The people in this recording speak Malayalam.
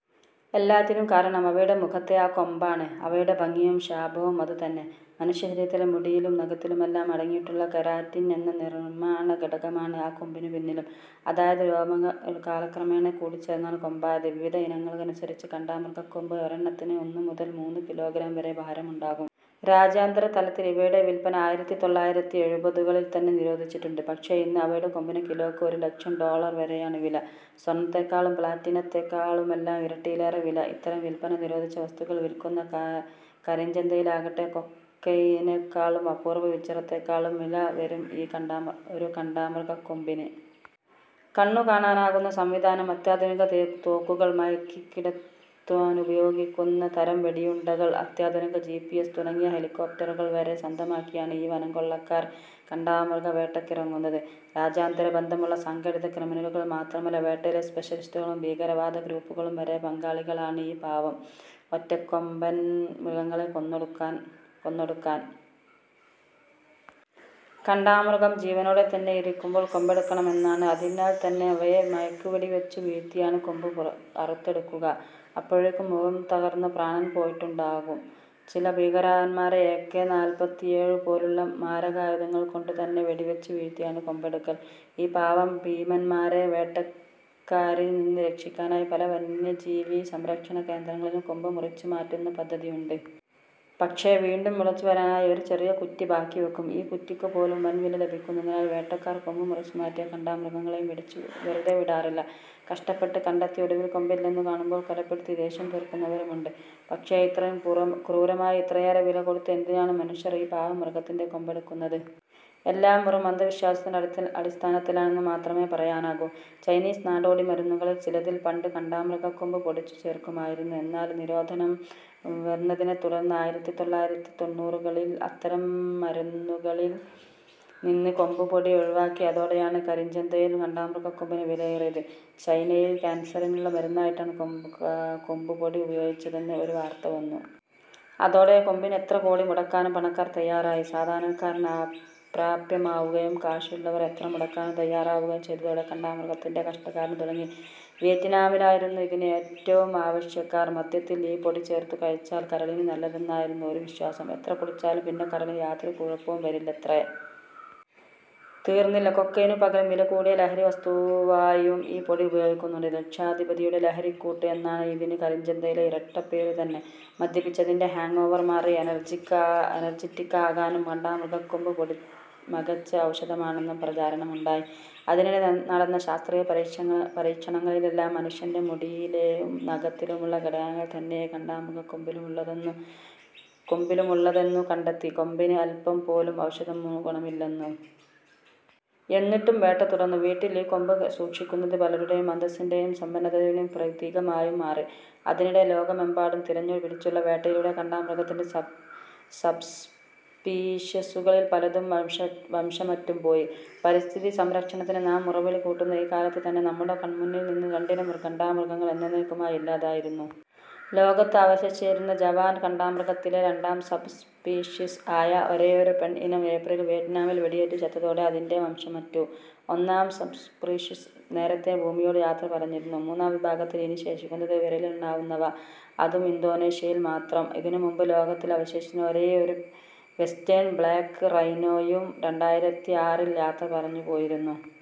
എല്ലാറ്റിനും കാരണം അവയുടെ മുഖത്തെ ആ ' കൊമ്പാണ് '; അവയുടെ ഭംഗിയും ശാപവും അതു തന്നെ. മനുഷ്യ ശരീരത്തിലെ മുടിയിലും നഖത്തിലുമെല്ലാം അടങ്ങിയിട്ടുള്ള കെരാറ്റിൻ എന്ന നിർമാണഘടകമാണ് ആ കൊമ്പിനു പിന്നിലും. അതായത് രോമങ്ങൾ കാലക്രമേണ കൂടിച്ചേർന്നാണ് കൊമ്പായത്. വിവിധ ഇനങ്ങളനുസരിച്ച് കാണ്ടാമൃഗക്കൊമ്പ് ഒരെണ്ണത്തിന് ഒന്നു മുതൽ മൂന്നു കിലോഗ്രാം വരെ ഭാരമുണ്ടാകും. രാജ്യാന്തരതലത്തിൽ ഇവയുടെ വിൽപന ആയിരത്തിതൊള്ളായിരത്തിഎഴുപതുകളിൽത്തന്നെ നിരോധിച്ചിട്ടുണ്ട്. പക്ഷേ ഇന്ന് ഇവയുടെ കൊമ്പിന് കിലോയ്ക്ക് ഒരു ലക്ഷം ഡോളർ വരെയാണു വില. സ്വർണത്തേക്കാളും പ്ലാറ്റിനത്തെക്കാളുമെല്ലാം ഇരട്ടിയിലേറെ വില. ഇത്തരം വിൽപന നിരോധിച്ച വസ്തുക്കൾ വിൽക്കുന്ന ' കരിഞ്ചന്ത'യിലാകട്ടെ കൊക്കെയ്നെക്കാളും അപൂർവ വജ്രത്തെക്കാളുമെല്ലാം വില വരും ഒരു കാണ്ടാമൃഗക്കൊമ്പിന്. കണ്ണുകാണാനാകുന്ന സംവിധാനം, അത്യാധുനിക തോക്കുകൾ, മയക്കിക്കിടത്താനുപയോഗിക്കുന്ന തരം വെടിയുണ്ടകൾ, അത്യാധുനിക ജിപിഎസ് തുടങ്ങി ഹെലികോപ്റ്ററുകൾ വരെ സ്വന്തമാക്കിയാണ് ഈ വനംകൊള്ളക്കാർ കാണ്ടാമൃഗവേട്ടയ്ക്കിറങ്ങുന്നത്. രാജ്യാന്തര ബന്ധമുള്ള സംഘടിത ക്രിമിനലുകൾ മാത്രമല്ല, വേട്ടയിലെ സ്പെഷലിസ്റ്റുകളും ഭീകരവാദ ഗ്രൂപ്പുകളും വരെ പങ്കാളികളാണ് ഈ പാവം ' ഒറ്റക്കൊമ്പൻ ' മൃഗങ്ങളെ കൊന്നൊടുക്കാൻ. കാണ്ടാമൃഗം ജീവനോടെ തന്നെയിരിക്കുമ്പോൾ കൊമ്പെടുക്കണമെന്നാണ്. അതിനാൽത്തന്നെ അവയെ മയക്കുവെടി വച്ചു വീഴ്ത്തിയാണ് കൊമ്പ് അറുത്തെടുക്കുക. അപ്പോഴേക്കും മുഖം തകർന്ന് പ്രാണൻ പോയിട്ടുണ്ടാകും. ചില ഭീമാകാരന്മാരെ എകെ നാല്പത്തിയേഴു പോലുള്ള മാരകായുധങ്ങൾ കൊണ്ടു തന്നെ വെടിവച്ചു വീഴ്ത്തിയാണ് കൊമ്പെടുക്കൽ. ഈ പാവം ' ഭീമന്മാരെ ' വേട്ടക്കാരിൽ നിന്ന് രക്ഷിക്കാനായി പല വന്യജീവി സംരക്ഷണ കേന്ദ്രങ്ങളിലും കൊമ്പ് മുറിച്ചുമാറ്റുന്ന പദ്ധതിയുണ്ട്. പക്ഷേ വീണ്ടും മുളച്ചു വരാനായി ഒരു ചെറിയ ' കുറ്റി ' ബാക്കി വയ്ക്കും. ഈ കുറ്റിക്കു പോലും വൻവില ലഭിക്കുന്നതിനാൽ വേട്ടക്കാർ കൊമ്പ് മുറിച്ചുമാറ്റിയ കാണ്ടാമൃഗങ്ങളെയും വെറുതെവിടാറില്ല. കഷ്ടപ്പെട്ട് കണ്ടെത്തി ഒടുവിൽ കൊമ്പില്ലെന്നു കാണുമ്പോൾ കൊലപ്പെടുത്തി ദേഷ്യം തീർക്കുന്നവരുമുണ്ട്. പക്ഷേ ഇത്രയും ക്രൂരമായി, ഇത്രയേറെ വില കൊടുത്ത് എന്തിനാണ് മനുഷ്യർ ഈ പാവം മൃഗത്തിന്റെ കൊമ്പെടുക്കുന്നത്? എല്ലാം വെറും അന്ധവിശ്വാസത്തിന്റെ അടിസ്ഥാനത്തിലാണെന്നു മാത്രമേ പറയാനാകൂ. ചൈനീസ് നാടോടിമരുന്നുകളിൽ ചിലതിൽ പണ്ട് കാണ്ടാമൃഗക്കൊമ്പ് പൊടിച്ചു ചേർക്കുമായിരുന്നു. എന്നാല് നിരോധനം വന്നതിനെത്തുടർന്ന്ആയിരത്തിതൊള്ളായിരത്തിത്തൊണ്ണൂറുകളിൽ അത്തരം മരുന്നുകളിൽ നിന്ന് ' കൊമ്പുപൊടി ' ഒഴിവാക്കി. അതോടെയാണ് കരിഞ്ചന്തയിൽ കാണ്ടാമൃഗക്കൊമ്പിന് വിലയേറിയത്. ചൈനയിൽ കാൻസറിനുള്ള മരുന്നായിട്ടാണ് കൊമ്പുപൊടി ഉപയോഗിച്ചതെന്ന് ഒരു വാർത്ത വന്നു. അതോടെ കൊമ്പിന് എത്ര കോടി മുടക്കാനും പണക്കാർ തയാറായി. സാധാരണക്കാരന് അപ്രാപ്യമാവുകയും കാശുള്ളവർ എത്ര മുടക്കാനും തയാറാവുകയും ചെയ്തതോടെ കാണ്ടാമൃഗത്തിന്റെ കഷ്ടകാലം തുടങ്ങി. വിയറ്റ്നാമിലായിരുന്നു ഇതിന് ഏറ്റവും ആവശ്യക്കാർ. മദ്യത്തിൽ ഈ പൊടി ചേർത്തു കഴിച്ചാൽ കരളിനു നല്ലതെന്നായിരുന്നു ഒരു വിശ്വാസം. എത്ര കുടിച്ചാലും പിന്നെ കരളിന് യാതൊരു കുഴപ്പവും വരില്ലത്രേ! തീർന്നില്ല, കൊക്കെയ്നു പകരം വില കൂടിയ ലഹരി വസ്തുവായും ഈ പൊടി ഉപയോഗിക്കുന്നുണ്ട്. ' ലക്ഷാധിപതിയുടെ ലഹരിക്കൂട്ട് ' എന്നാണ് ഇതിന് കരിഞ്ചന്തയിലെ ഇരട്ടപ്പേരു തന്നെ. മദ്യപിച്ചതിന്റെ ഹാങ് ഓവർ മാറി ' എനർജറ്റിക് ' ആകാനും കാണ്ടാമൃഗക്കൊമ്പ് പൊടി മികച്ച ഔഷധമാണെന്നും പ്രചാരണമുണ്ടായി. അതിനിടെ നടന്ന ശാസ്ത്രീയ പരീക്ഷണങ്ങളിലെല്ലാം മനുഷ്യന്റെ മുടിയിലും നഖത്തിലുമുള്ള ഘടകങ്ങൾ തന്നെയേ കാണ്ടാമൃഗക്കൊമ്പിലുമുള്ളതെന്നു കണ്ടെത്തി, കൊമ്പിന് അൽപം പോലും ഔഷധഗുണമില്ലെന്നും. എന്നിട്ടും വേട്ട തുടർന്നു. വീട്ടിൽ ഈ കൊമ്പ് സൂക്ഷിക്കുന്നത് പലരുടെയും അന്തസ്സിന്റെയും സമ്പന്നതയുടെയും പ്രതീകമായും മാറി. അതിനിടെ ലോകമെമ്പാടും തിരഞ്ഞുപിടിച്ചുള്ള വേട്ടയിലൂടെ കാണ്ടാമൃഗത്തിന്റെ സബ്സ്പീഷീസുകളിൽ പലതും വംശമറ്റും പോയി. പരിസ്ഥിതി സംരക്ഷണത്തിന് നാം മുറവിളി കൂട്ടുന്ന ഈ കാലത്തു തന്നെ നമ്മുടെ കണ്മുന്നിൽ നിന്ന് രണ്ടിനം കാണ്ടാമൃഗങ്ങൾ എന്നന്നേക്കുമായി ഇല്ലാതായിരുന്നു. ലോകത്ത് അവശേഷിച്ചിരുന്ന'ജാവൻ കാണ്ടാമൃഗ'ത്തിലെ രണ്ടാം സബ് സ്പീഷീസ് ആയ ഒരേയൊരു പെൺ ഇനം ഏപ്രിലിൽ വിയ്റ്റ്നാമിൽ വെടിയേറ്റു ചത്തതോടെ അതിന്റെ വംശമറ്റു. ഒന്നാം സബ്സ്പീഷീസ് നേരത്തേ ഭൂമിയോടു യാത്ര പറഞ്ഞിരുന്നു. മൂന്നാം വിഭാഗത്തിൽ ഇനി ശേഷിക്കുന്നത് വിരലിലെണ്ണാവുന്നവ, അതും ഇന്തൊനീഷ്യയിൽ മാത്രം. അതിനു മുൻപ് ലോകത്തിൽ അവശേഷിച്ചിരുന്ന ഒരേയൊരു ' വെസ്റ്റേൺ ബ്ലാക് റൈനോ'യും രണ്ടായിരത്തിആറിൽ യാത്ര പറഞ്ഞു പോയിരുന്നു.